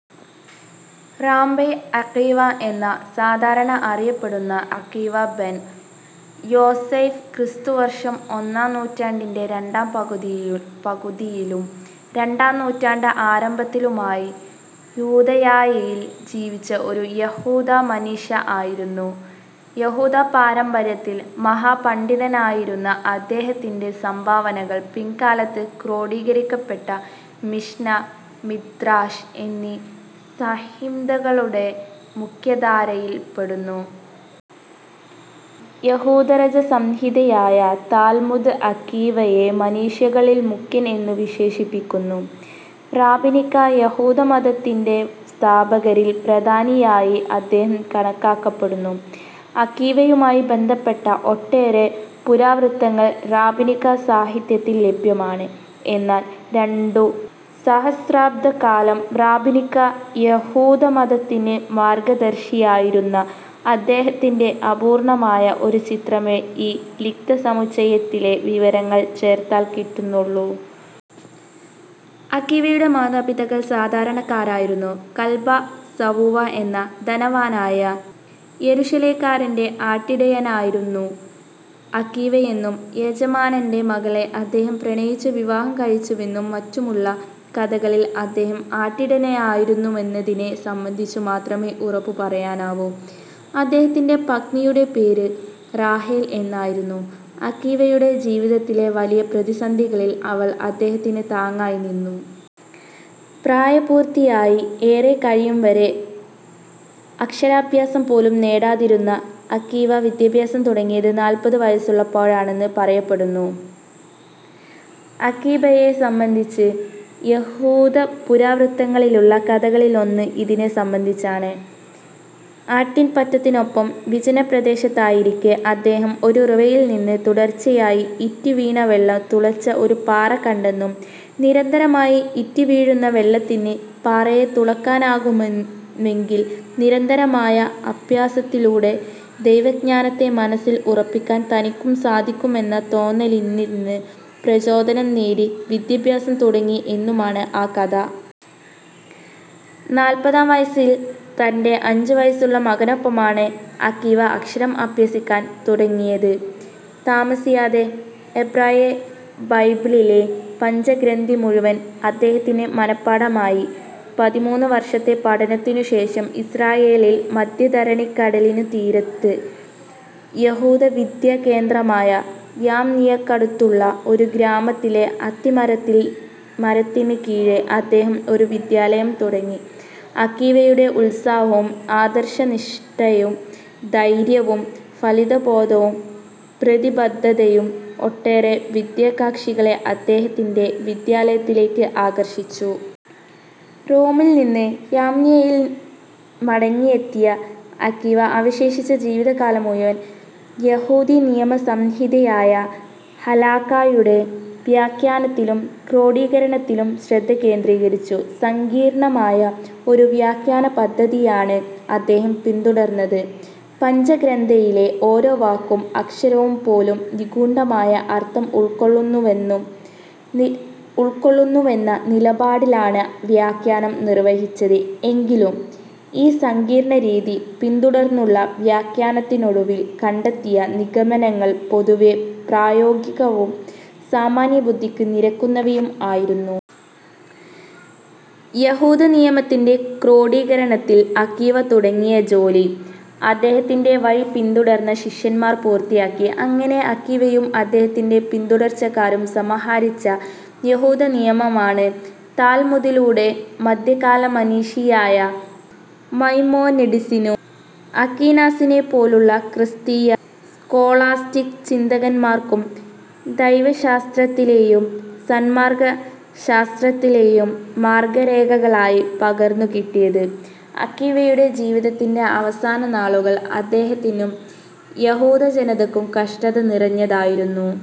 റാബൈ അഖീവ എന്ന് സാധാരണ അറിയപ്പെടുന്ന അഖീവ ബെൻ യോസെഫ് ക്രിസ്തുവർഷം ഒന്നാം നൂറ്റാണ്ടിന്റെ രണ്ടാം പകുതിയിലും രണ്ടാം നൂറ്റാണ്ട് ആരംഭത്തിലുമായി യൂദയായിൽ ജീവിച്ച ഒരു യഹൂദ മനീഷി ആയിരുന്നു. യഹൂദപാരമ്പര്യത്തിൽ മഹാപണ്ഡിതനായിരുന്ന അദ്ദേഹത്തിന്റെ സംഭാവനകൾ പിൽക്കാലത്ത് ക്രോഡീകരിക്കപ്പെട്ട മിഷ്നാ, മിദ്രാശ് എന്നീ സംഹിതകളുടെ മുഖ്യധാരയായിൽ പെടുന്നു. യഹൂദരചനാസംഹിതയായ താൽമുദ് അഖീവയെ മനീഷികളിൽ മുഖ്യൻ എന്നു വിശേഷിപ്പിക്കുന്നു. റാബിനിക യഹൂദമതത്തിന്റെ സ്ഥാപകരിൽ പ്രധാനിയായി അദ്ദേഹം കണക്കാക്കപ്പെടുന്നു. അഖീവയുമായി ബന്ധപ്പെട്ട ഒട്ടേറെ പുരാവൃത്തങ്ങൾ റാബിനിക സാഹിത്യത്തിൽ ലഭ്യമാണ്. എന്നാൽ രണ്ടുസഹസ്രാബ്ദക്കാലം റാബിനിക യഹൂദമതത്തിന് മാർഗദർശിയായിരുന്ന അദ്ദേഹത്തിന്റെ അപൂർണ്ണമായ ഒരു ചിത്രമേ ഈ ലിഖിതസമുച്ചയത്തിലെ വിവരങ്ങൾ ചേർത്താൽ കിട്ടുന്നുള്ളു. അഖീവയുടെ മാതാപിതാക്കൾ സാധാരണക്കാരായിരുന്നു. കൽബാ സവുവാ എന്ന ധനവാനായ യെരുശലേകാരന്റെ ആട്ടിടയനായിരുന്നു അഖീവയെന്നും യജമാനന്റെ മകളെ അദ്ദേഹം പ്രണയിച്ചു വിവാഹം കഴിച്ചുവെന്നും മറ്റുമുള്ള കഥകളിൽ അദ്ദേഹം ആട്ടിടയനായിരുന്നുവെന്നതിനെ സംബന്ധിച്ചു മാത്രമേ ഉറപ്പു പറയാനാവൂ. അദ്ദേഹത്തിന്റെ പത്നിയുടെ പേർ റാഹേൽ എന്നായിരുന്നു. അഖീവയുടെ ജീവിതത്തിലെ വലിയ പ്രതിസന്ധികളിൽ അവൾ അദ്ദേഹത്തിന് താങ്ങായി നിന്നു. പ്രായപൂർത്തിയായി ഏറെക്കഴിയുംവരെ വരെ അക്ഷരാഭ്യാസം പോലും നേടാതിരുന്ന അഖീവ വിദ്യാഭ്യാസം തുടങ്ങിയത് നാല്പതു വയസ്സുള്ളപ്പോഴാണെന്ന് പറയപ്പെടുന്നു. അഖീബയെ സംബന്ധിച്ച് യഹൂദപുരാവൃത്തങ്ങളിലുള്ള കഥകളിലൊന്ന് ഇതിനെ സംബന്ധിച്ചാണ്. അട്ടിൻപറ്റത്തിനൊപ്പം വിജനപ്രദേശത്തായിരിക്കെ അദ്ദേഹം ഒരുറവയിൽ നിന്ന് തുടർച്ചയായി ഇറ്റുവീണ വെള്ളം തുളച്ച ഒരു പാറ കണ്ടെന്നും, നിരന്തരമായി ഇറ്റുവീഴുന്ന വെള്ളത്തിന് പാറയെ തുളയ്ക്കാനാകുമെങ്കിൽ നിരന്തരമായ അഭ്യാസത്തിലൂടെ ദൈവജ്ഞാനത്തെ മനസ്സിൽ ഉറപ്പിക്കാൻ തനിക്കും സാധിക്കുമെന്ന തോന്നലിൽ നിന്ന് പ്രചോദനം നേടി വിദ്യാഭ്യാസം തുടങ്ങി എന്നുമാണ് ആ കഥ. നാല്പതാം വയസ്സിൽ തന്റെ അഞ്ചുവയസ്സുള്ള മകനൊപ്പമാണ് അഖീവ അക്ഷരം അഭ്യസിക്കാൻ തുടങ്ങിയത്. താമസിയാതെ എബ്രായബൈബിളിലെ പഞ്ചഗ്രന്ഥിമുഴുവൻ അദ്ദേഹത്തിന് മന:പാഠമായി. പതിമൂന്നു വർഷത്തെ പഠനത്തിനു ശേഷം ഇസ്രായേലിൽ മദ്ധ്യധരണിക്കടലിനു തീരത്തെ യഹൂദവിദ്യാകേന്ദ്രമായ യാംനിയക്കടുത്തുള്ള ഒരു ഗ്രാമത്തിലെ അത്തിമരത്തിൻ കീഴെ അദ്ദേഹം ഒരു വിദ്യാലയം തുടങ്ങി. അഖീവയുടെ ഉത്സാഹവും, ആദർശനിഷ്ടയും, ധൈര്യവും, ഫലിതബോധവും, പ്രതിബദ്ധതയും ഒട്ടേറെ വിദ്യാകാക്ഷികളെ അദ്ദേഹത്തിന്റെ വിദ്യാലയത്തിലേയ്ക്ക് ആകർഷിച്ചു. റോമിൽ നിന്ന് യാംനിയയിൽ മടങ്ങിയെത്തിയ അഖീവ, അവശേഷിച്ച ജീവിതകാലം മുഴുവൻ യഹൂദനിയമസംഹിതയായ ഹലാഖായുടെ വ്യാഖ്യാനത്തിലും ക്രോഡീകരണത്തിലും ശ്രദ്ധകേന്ദ്രീകരിച്ചു. സങ്കീർണ്ണമായ ഒരു വ്യാഖ്യാനപദ്ധതിയാണ് അദ്ദേഹം പിന്തുടർന്നത്. പഞ്ചഗ്രന്ഥിയിലെ ഓരോ വാക്കും, അക്ഷരവും പോലും നിഗൂഢമായ അർത്ഥം ഉൾക്കൊള്ളുന്നുവെന്ന നിലപാടിലാണ് വ്യാഖ്യാനം നിർവഹിച്ചത്. എങ്കിലും ഈ സങ്കീർണ്ണരീതി പിന്തുടർന്നുള്ള വ്യാഖ്യാനത്തിനൊടുവിൽ കണ്ടെത്തിയ നിഗമനങ്ങൾ പൊതുവേ പ്രായോഗികവും സാമാന്യബുദ്ധിക്ക് നിരക്കുന്നവയും ആയിരുന്നു. യഹൂദനിയമത്തിന്റെ ക്രോഡീകരണത്തിൽ അഖീവ തുടങ്ങിയ ജോലി, അദ്ദേഹത്തിന്റെ വഴി പിന്തുടർന്ന ശിഷ്യന്മാർ പൂർത്തിയാക്കി. അങ്ങനെ അഖീവയും അദ്ദേഹത്തിന്റെ പിന്തുടർച്ചക്കാരും സമാഹരിച്ച യഹൂദനിയമമാണ്, താൽമുദിലൂടെ മദ്ധ്യകാലമനീഷിയായ മൈമോനിഡിസിനും അക്വീനാസിനെപ്പോലുള്ള ക്രിസ്തീയ സ്കോളാസ്റ്റിക് ചിന്തകന്മാർക്കും ദൈവശാസ്ത്രത്തിലേയും സന്മാർഗ്ഗശാസ്ത്രത്തിലേയും മാർഗ്ഗരേഖകളായി പകർന്നുകിട്ടിയത്. അഖീവയുടെ ജീവിതത്തിന്റെ അവസാനനാളുകൾ അദ്ദേഹത്തിനും യഹൂദജനതയ്ക്കും കഷ്ടത നിറഞ്ഞതായിരുന്നു.